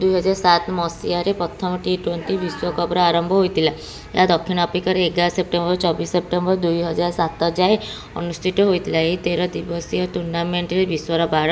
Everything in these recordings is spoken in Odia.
ଦୁଇ ହଜାର ସାତ ମସିହାରେ ପ୍ରଥମ ଟି-ଟ୍ୱେଣ୍ଟି ବିଶ୍ୱକପ୍‌ର ଆରମ୍ଭ ହୋଇଥିଲା। ଏହା ଦକ୍ଷିଣ ଆଫ୍ରିକାରେ ଏଗାର ସେପ୍ଟେମ୍ବରରୁ ଚବିଶ ସେପ୍ଟେମ୍ବର ଦୁଇ ହଜାର ସାତ ଯାଏଁ ଅନୁଷ୍ଠିତ ହୋଇଥିଲା। ଏହି ତେର ଦିବସୀୟ ଟୁର୍ଣ୍ଣାମେଣ୍ଟରେ ବିଶ୍ୱର ବାର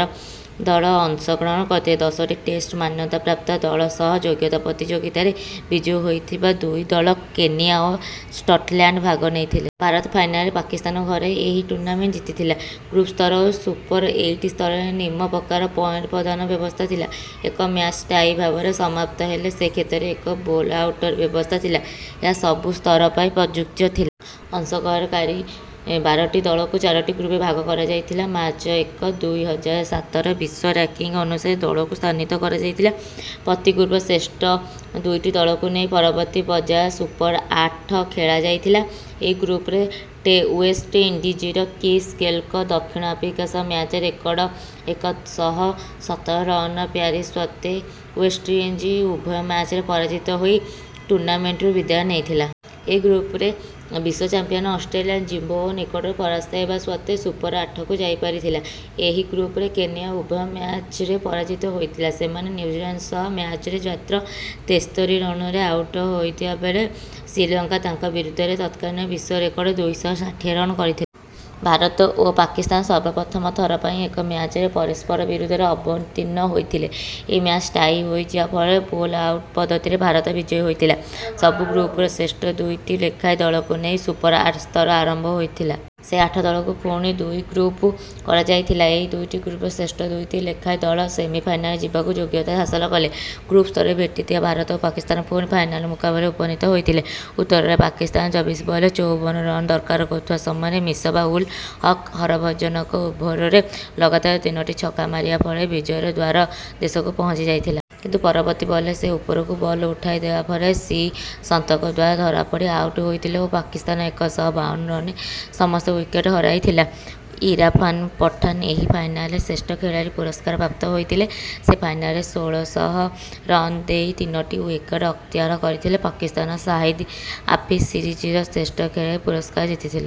ଦଳ ଅଂଶଗ୍ରହଣ କରିଥିଲେ। ଦଶଟି ଟେଷ୍ଟ ମାନ୍ୟତାପ୍ରାପ୍ତ ଦଳ ସହ ଯୋଗ୍ୟତା ପ୍ରତିଯୋଗିତାରେ ବିଜୟୀ ହୋଇଥିବା ଦୁଇ ଦଳ କେନିଆ ଓ ସ୍କଟଲ୍ୟାଣ୍ଡ ଭାଗ ନେଇଥିଲେ। ଭାରତ ଫାଇନାଲ୍‌ରେ ପାକିସ୍ତାନକୁ ହରାଇ ଏହି ଟୁର୍ଣ୍ଣାମେଣ୍ଟ ଜିତିଥିଲା। ଗ୍ରୁପ୍ ସ୍ତର ଓ ସୁପର ଏଇଟ୍ ସ୍ତରରେ ନିମ୍ନ ପ୍ରକାର ପଏଣ୍ଟ ପ୍ରଦାନ ବ୍ୟବସ୍ଥା ଥିଲା। ଏକ ମ୍ୟାଚ୍ ଟାଇ ଭାବରେ ସମାପ୍ତ ହେଲେ ସେ କ୍ଷେତ୍ରରେ ଏକ ବୋଲ୍ ଆଉଟ୍‌ର ବ୍ୟବସ୍ଥା ଥିଲା। ଏହା ସବୁ ସ୍ତର ପାଇଁ ପ୍ରଯୁଜ୍ୟ ଥିଲା। ଅଂଶଗ୍ରହଣକାରୀ ବାରଟି ଦଳକୁ ଚାରୋଟି ଗ୍ରୁପ୍‌ରେ ଭାଗ କରାଯାଇଥିଲା। ମାର୍ଚ୍ଚ ଏକ, ଦୁଇ ହଜାର ସାତର ବିଶ୍ୱ ର‍୍ୟାଙ୍କିଙ୍ଗ୍ ଅନୁସାରେ ଦଳକୁ ସ୍ଥାନିତ କରାଯାଇଥିଲା। ପ୍ରତି ଗ୍ରୁପ୍‌ର ଶ୍ରେଷ୍ଠ ଦୁଇଟି ଦଳକୁ ନେଇ ପରବର୍ତ୍ତୀ ପର୍ଯ୍ୟାୟ ସୁପର ଆଠ ଖେଳାଯାଇଥିଲା। ଏହି ଗ୍ରୁପ୍‌ରେ ୱେଷ୍ଟଇଣ୍ଡିଜ୍‌ର କ୍ରିସ୍ ଗେଲ୍‌ଙ୍କ ଦକ୍ଷିଣ ଆଫ୍ରିକା ସହ ମ୍ୟାଚ୍‌ରେ ରେକର୍ଡ ଏକ ଶହ ସତର ରନ୍‌ର ପାରି ସତ୍ତ୍ୱେ ୱେଷ୍ଟଇଣ୍ଡିଜ୍ ଉଭୟ ମ୍ୟାଚ୍‌ରେ ପରାଜିତ ହୋଇ ଟୁର୍ଣ୍ଣାମେଣ୍ଟରୁ ବିଦାୟ ନେଇଥିଲା। ଏହି ଗ୍ରୁପ୍‌ରେ ବିଶ୍ୱ ଚାମ୍ପିଅନ୍ ଅଷ୍ଟ୍ରେଲିଆ ଜିମ୍ବାୱେ ନିକଟରୁ ପରାସ୍ତ ହେବା ସତ୍ତ୍ୱେ ସୁପର ଆଠକୁ ଯାଇପାରିଥିଲା। ଏହି ଗ୍ରୁପ୍‌ରେ କେନିଆ ଉଭୟ ମ୍ୟାଚ୍‌ରେ ପରାଜିତ ହୋଇଥିଲା। ସେମାନେ ନ୍ୟୁଜିଲାଣ୍ଡ ସହ ମ୍ୟାଚ୍‌ରେ ମାତ୍ର ତେସ୍ତରୀ ରନ୍‌ରେ ଆଉଟ୍ ହୋଇଥିବା ବେଳେ ଶ୍ରୀଲଙ୍କା ତାଙ୍କ ବିରୁଦ୍ଧରେ ତତ୍କାଳୀନ ବିଶ୍ୱ ରେକର୍ଡ ଦୁଇ ଶହ ଷାଠିଏ ରନ୍ କରିଥିଲେ। ଭାରତ ଓ ପାକିସ୍ତାନ ସର୍ବପ୍ରଥମ ଥର ପାଇଁ ଏକ ମ୍ୟାଚ୍‌ରେ ପରସ୍ପର ବିରୁଦ୍ଧରେ ଅବତୀର୍ଣ୍ଣ ହୋଇଥିଲେ। ଏହି ମ୍ୟାଚ୍ ଟାଇ ହୋଇଯିବା ଫଳରେ ବୋଲ୍ ଆଉଟ୍ ପଦ୍ଧତିରେ ଭାରତ ବିଜୟୀ ହୋଇଥିଲା। ସବୁ ଗ୍ରୁପ୍‌ର ଶ୍ରେଷ୍ଠ ଦୁଇଟି ଲେଖାଏଁ ଦଳକୁ ନେଇ ସୁପର ଆଠ ସ୍ତର ଆରମ୍ଭ ହୋଇଥିଲା। ସେହି ଆଠ ଦଳକୁ ପୁଣି ଦୁଇଟି ଗ୍ରୁପ୍ କରାଯାଇଥିଲା। ଏହି ଦୁଇଟି ଗ୍ରୁପ୍‌ର ଶ୍ରେଷ୍ଠ ଦୁଇଟି ଲେଖାଏଁ ଦଳ ସେମିଫାଇନାଲ୍ ଯିବାକୁ ଯୋଗ୍ୟତା ହାସଲ କଲେ। ଗ୍ରୁପ୍ ସ୍ତରରେ ଭେଟିଥିବା ଭାରତ ଓ ପାକିସ୍ତାନ ପୁଣି ଫାଇନାଲ୍ ମୁକାବିଲାରେ ଉପନୀତ ହୋଇଥିଲେ। ଉତ୍ତରରେ ପାକିସ୍ତାନ ଚବିଶ ବଲ୍‌ରେ ଚଉବନ ରନ୍ ଦରକାର କରୁଥିବା ସମୟରେ ମିସବା-ଉଲ୍-ହକ୍ ହରଭଜନଙ୍କ ଓଭର୍‌ରେ ଲଗାତାର ତିନୋଟି ଛକା ମାରିବା ଫଳରେ ବିଜୟର ଦ୍ୱାରଦେଶକୁ ପହଞ୍ଚି ଯାଇଥିଲା। କିନ୍ତୁ ପରବର୍ତ୍ତୀ ବଲ୍‌ରେ ସେ ଉପରକୁ ବଲ୍ ଉଠାଇ ଦେବା ଫଳରେ ଶ୍ରୀସନ୍ତଙ୍କ ଦ୍ୱାରା ଧରାପଡ଼ି ଆଉଟ୍ ହୋଇଥିଲେ ଓ ପାକିସ୍ତାନ ଏକ ଶହ ବାଉନ ରନ୍‌ରେ ସମସ୍ତ ୱିକେଟ୍ ହରାଇଥିଲା। ଇରଫାନ୍ ପଠାନ ଏହି ଫାଇନାଲ୍‌ରେ ଶ୍ରେଷ୍ଠ ଖେଳାଳି ପୁରସ୍କାର ପ୍ରାପ୍ତ ହୋଇଥିଲେ। ସେ ଫାଇନାଲ୍‌ରେ ଷୋହଳ ରନ୍ ଦେଇ ତିନୋଟି ୱିକେଟ୍ ଅକ୍ତିଆର କରିଥିଲେ। ପାକିସ୍ତାନର ସାହିଦ୍ ଆଫ୍ରିଦି ସିରିଜ୍‌ର ଶ୍ରେଷ୍ଠ ଖେଳାଳି ପୁରସ୍କାର ଜିତିଥିଲେ।